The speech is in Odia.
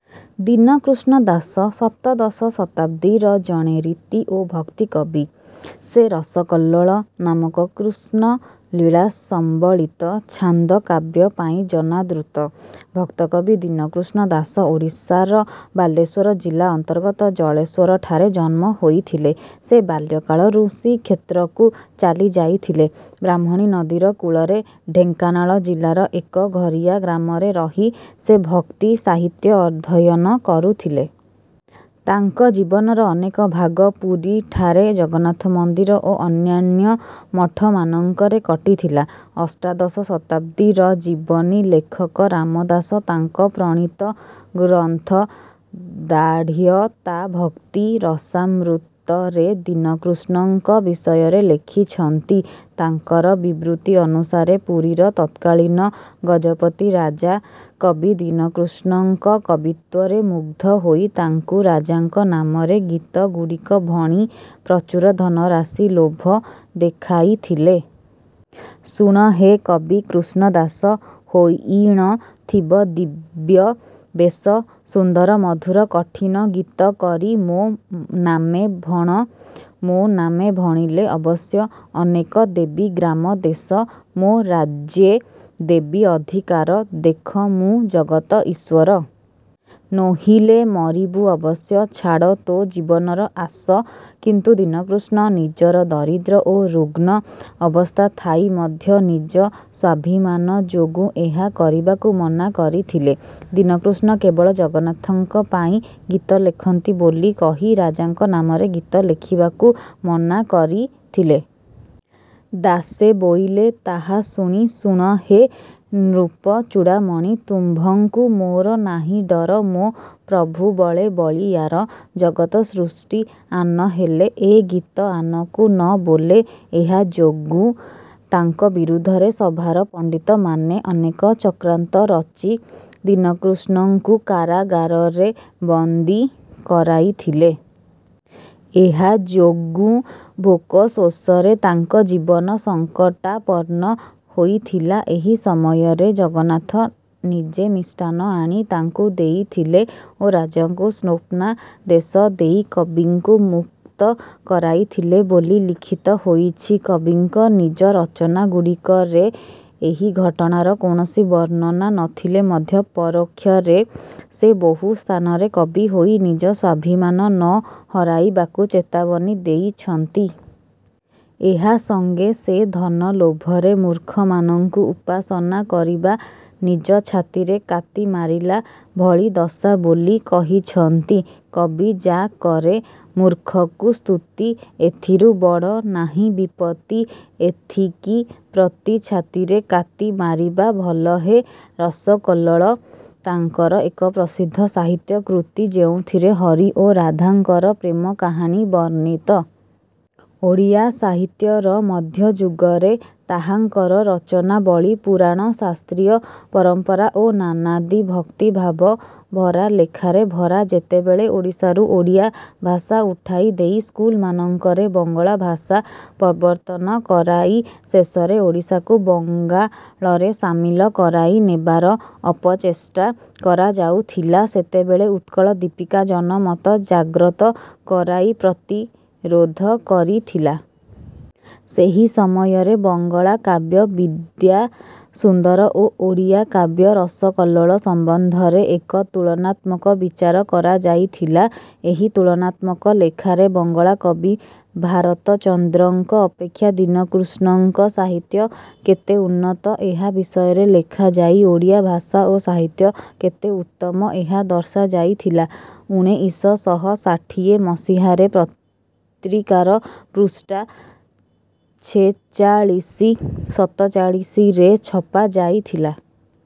ଦୀନକୃଷ୍ଣ ଦାସ ସପ୍ତଦଶ ଶତାବ୍ଦୀର ଜଣେ ରୀତି ଓ ଭକ୍ତି କବି। ସେ ରସକଲ୍ଲୋଳ ନାମକ କୃଷ୍ଣଲୀଳା ସମ୍ବଳିତ ଛାନ୍ଦକାବ୍ୟ ପାଇଁ ଜନାଦୃତ। ଭକ୍ତକବି ଦୀନକୃଷ୍ଣ ଦାସ ଓଡ଼ିଶାର ବାଲେଶ୍ୱର ଜିଲ୍ଲା ଅନ୍ତର୍ଗତ ଜଳେଶ୍ୱରଠାରେ ଜନ୍ମ ହୋଇଥିଲେ। ସେ ବାଲ୍ୟକାଳରୁ ଶ୍ରୀକ୍ଷେତ୍ରକୁ ଚାଲିଯାଇଥିଲେ। ବ୍ରାହ୍ମଣୀ ନଦୀର କୂଳରେ ଢେଙ୍କାନାଳ ଜିଲ୍ଲାର ଏକଘରିଆ ଗ୍ରାମରେ ରହି ସେ ଭକ୍ତିସାହିତ୍ୟ ଅଧ୍ୟୟନ କରୁଥିଲେ। ତାଙ୍କ ଜୀବନର ଅନେକ ଭାଗ ପୁରୀଠାରେ ଜଗନ୍ନାଥ ମନ୍ଦିର ଓ ଅନ୍ୟାନ୍ୟ ମଠମାନଙ୍କରେ କଟିଥିଲା। ଅଷ୍ଟାଦଶ ଶତାବ୍ଦୀର ଜୀବନୀ ଲେଖକ ରାମଦାସ ତାଙ୍କ ପ୍ରଣୀତ ଗ୍ରନ୍ଥ ଦାର୍ଢ଼୍ୟତାଭକ୍ତି ରସାମୃତରେ ଦୀନକୃଷ୍ଣଙ୍କ ବିଷୟରେ ଲେଖିଛନ୍ତି। ତାଙ୍କର ବିବୃତି ଅନୁସାରେ ପୁରୀର ତତ୍କାଳୀନ ଗଜପତି ରାଜା କବି ଦୀନକୃଷ୍ଣଙ୍କ କବିତ୍ୱରେ ମୁଗ୍ଧ ହୋଇ ତାଙ୍କୁ ରାଜାଙ୍କ ନାମରେ ଗୀତଗୁଡ଼ିକ ଭଣି ପ୍ରଚୁର ଧନରାଶି ଲୋଭ ଦେଖାଇଥିଲେ। ଶୁଣ ହେ କବି କୃଷ୍ଣ ଦାସ। ହୋଇଣ ଥିବ ଦିବ୍ୟ ବେଶ। ସୁନ୍ଦର ମଧୁର କଠିନ। ଗୀତ କରି ମୋ ନାମେ ଭଣ। ମୋ ନାମେ ଭଣିଲେ ଅବଶ୍ୟ। ଅନେକ ଦେବି ଗ୍ରାମ ଦେଶ। ମୋ ରାଜ୍ୟେ ଦେବି ଅଧିକାର। ଦେଖ ମୁଁ ଜଗତ ଈଶ୍ୱର। ନୋହିଲେ ମରିବୁ ଅବଶ୍ୟ। ଛାଡ଼ ତୋ ଜୀବନର ଆଶ। କିନ୍ତୁ ଦୀନକୃଷ୍ଣ ନିଜର ଦରିଦ୍ର ଓ ରୁଗ୍ଣ ଅବସ୍ଥା ଥାଇ ମଧ୍ୟ ନିଜ ସ୍ୱାଭିମାନ ଯୋଗୁଁ ଏହା କରିବାକୁ ମନା କରିଥିଲେ। ଦୀନକୃଷ୍ଣ କେବଳ ଜଗନ୍ନାଥଙ୍କ ପାଇଁ ଗୀତ ଲେଖନ୍ତି ବୋଲି କହି ରାଜାଙ୍କ ନାମରେ ଗୀତ ଲେଖିବାକୁ ମନା କରିଥିଲେ। ଦାସେ ବୋଇଲେ ତାହା ଶୁଣି। ଶୁଣ ହେ ନୃପଚୂଡ଼ାମଣି। ତୁମ୍ଭଙ୍କୁ ମୋର ନାହିଁ ଡର। ମୋ ପ୍ରଭୁ ବଳେ ବଳୀୟାର। ଜଗତ ସୃଷ୍ଟି ଆନ ହେଲେ। ଏ ଗୀତ ଆନକୁ ନ ବୋଲେ। ଏହା ଯୋଗୁଁ ତାଙ୍କ ବିରୁଦ୍ଧରେ ସଭାର ପଣ୍ଡିତମାନେ ଅନେକ ଚକ୍ରାନ୍ତ ରଚି ଦୀନକୃଷ୍ଣଙ୍କୁ କାରାଗାରରେ ବନ୍ଦୀ କରାଇଥିଲେ। ଏହା ଯୋଗୁଁ ଭୋକଶୋଷରେ ତାଙ୍କ ଜୀବନ ସଙ୍କଟାପନ୍ନ ହୋଇଥିଲା। ଏହି ସମୟରେ ଜଗନ୍ନାଥ ନିଜେ ମିଷ୍ଟାନ୍ନ ଆଣି ତାଙ୍କୁ ଦେଇଥିଲେ ଓ ରାଜାଙ୍କୁ ସ୍ନୋପ୍ନାଦେଶ ଦେଇ କବିଙ୍କୁ ମୁକ୍ତ କରାଇଥିଲେ ବୋଲି ଲିଖିତ ହୋଇଛି। କବିଙ୍କ ନିଜ ରଚନାଗୁଡ଼ିକରେ ଏହି ଘଟଣାର କୌଣସି ବର୍ଣ୍ଣନା ନଥିଲେ ମଧ୍ୟ ପରୋକ୍ଷରେ ସେ ବହୁ ସ୍ଥାନରେ କବି ହୋଇ ନିଜ ସ୍ୱାଭିମାନ ନ ହରାଇବାକୁ ଚେତାବନୀ ଦେଇଛନ୍ତି। ଏହା ସଙ୍ଗେ ସେ ଧନ ଲୋଭରେ ମୂର୍ଖମାନଙ୍କୁ ଉପାସନା କରିବା ନିଜ ଛାତିରେ କାତି ମାରିଲା ଭଳି ଦଶା ବୋଲି କହିଛନ୍ତି। କବି ଯା କରେ ମୂର୍ଖକୁ ସ୍ତୁତି। ଏଥିରୁ ବଡ଼ ନାହିଁ ବିପତ୍ତି। ଏଥିକି ପ୍ରତି ଛାତିରେ କାତି ମାରିବା ଭଲ ହେ। ରସକଲ୍ଲୋଳ ତାଙ୍କର ଏକ ପ୍ରସିଦ୍ଧ ସାହିତ୍ୟ କୃତି ଯେଉଁଥିରେ ହରି ଓ ରାଧାଙ୍କର ପ୍ରେମ କାହାଣୀ ବର୍ଣ୍ଣିତ। ଓଡ଼ିଆ ସାହିତ୍ୟର ମଧ୍ୟଯୁଗରେ ତାହାଙ୍କର ରଚନାବଳୀ ପୁରାଣ ଶାସ୍ତ୍ରୀୟ ପରମ୍ପରା ଓ ନାନାଦି ଭକ୍ତି ଭାବ ଭରା ଲେଖାରେ ଭରା। ଯେତେବେଳେ ଓଡ଼ିଶାରୁ ଓଡ଼ିଆ ଭାଷା ଉଠାଇ ଦେଇ ସ୍କୁଲମାନଙ୍କରେ ବଙ୍ଗଳା ଭାଷା ପ୍ରବର୍ତ୍ତନ କରାଇ ଶେଷରେ ଓଡ଼ିଶାକୁ ବଙ୍ଗାଳରେ ସାମିଲ କରାଇ ନେବାର ଅପଚେଷ୍ଟା କରାଯାଉଥିଲା ସେତେବେଳେ ଉତ୍କଳ ଦୀପିକା ଜନମତ ଜାଗ୍ରତ କରାଇ ପ୍ରତିରୋଧ କରିଥିଲା। ସେହି ସମୟରେ ବଙ୍ଗଳା କାବ୍ୟ ବିଦ୍ୟାସୁନ୍ଦର ଓ ଓଡ଼ିଆ କାବ୍ୟ ରସକଲ୍ଲୋଳ ସମ୍ବନ୍ଧରେ ଏକ ତୁଳନାତ୍ମକ ବିଚାର କରାଯାଇଥିଲା। ଏହି ତୁଳନାତ୍ମକ ଲେଖାରେ ବଙ୍ଗଳା କବି ଭାରତଚନ୍ଦ୍ରଙ୍କ ଅପେକ୍ଷା ଦୀନକୃଷ୍ଣଙ୍କ ସାହିତ୍ୟ କେତେ ଉନ୍ନତ ଏହା ବିଷୟରେ ଲେଖାଯାଇ ଓଡ଼ିଆ ଭାଷା ଓ ସାହିତ୍ୟ କେତେ ଉତ୍ତମ ଏହା ଦର୍ଶାଯାଇଥିଲା। ଉଣେଇଶ ଶହ ଷାଠିଏ ମସିହାରେ ପ୍ରତ୍ରିକାର ପୃଷ୍ଠା ଛେଚାଳିଶି-ସତଚାଳିଶିରେ ଛପାଯାଇଥିଲା।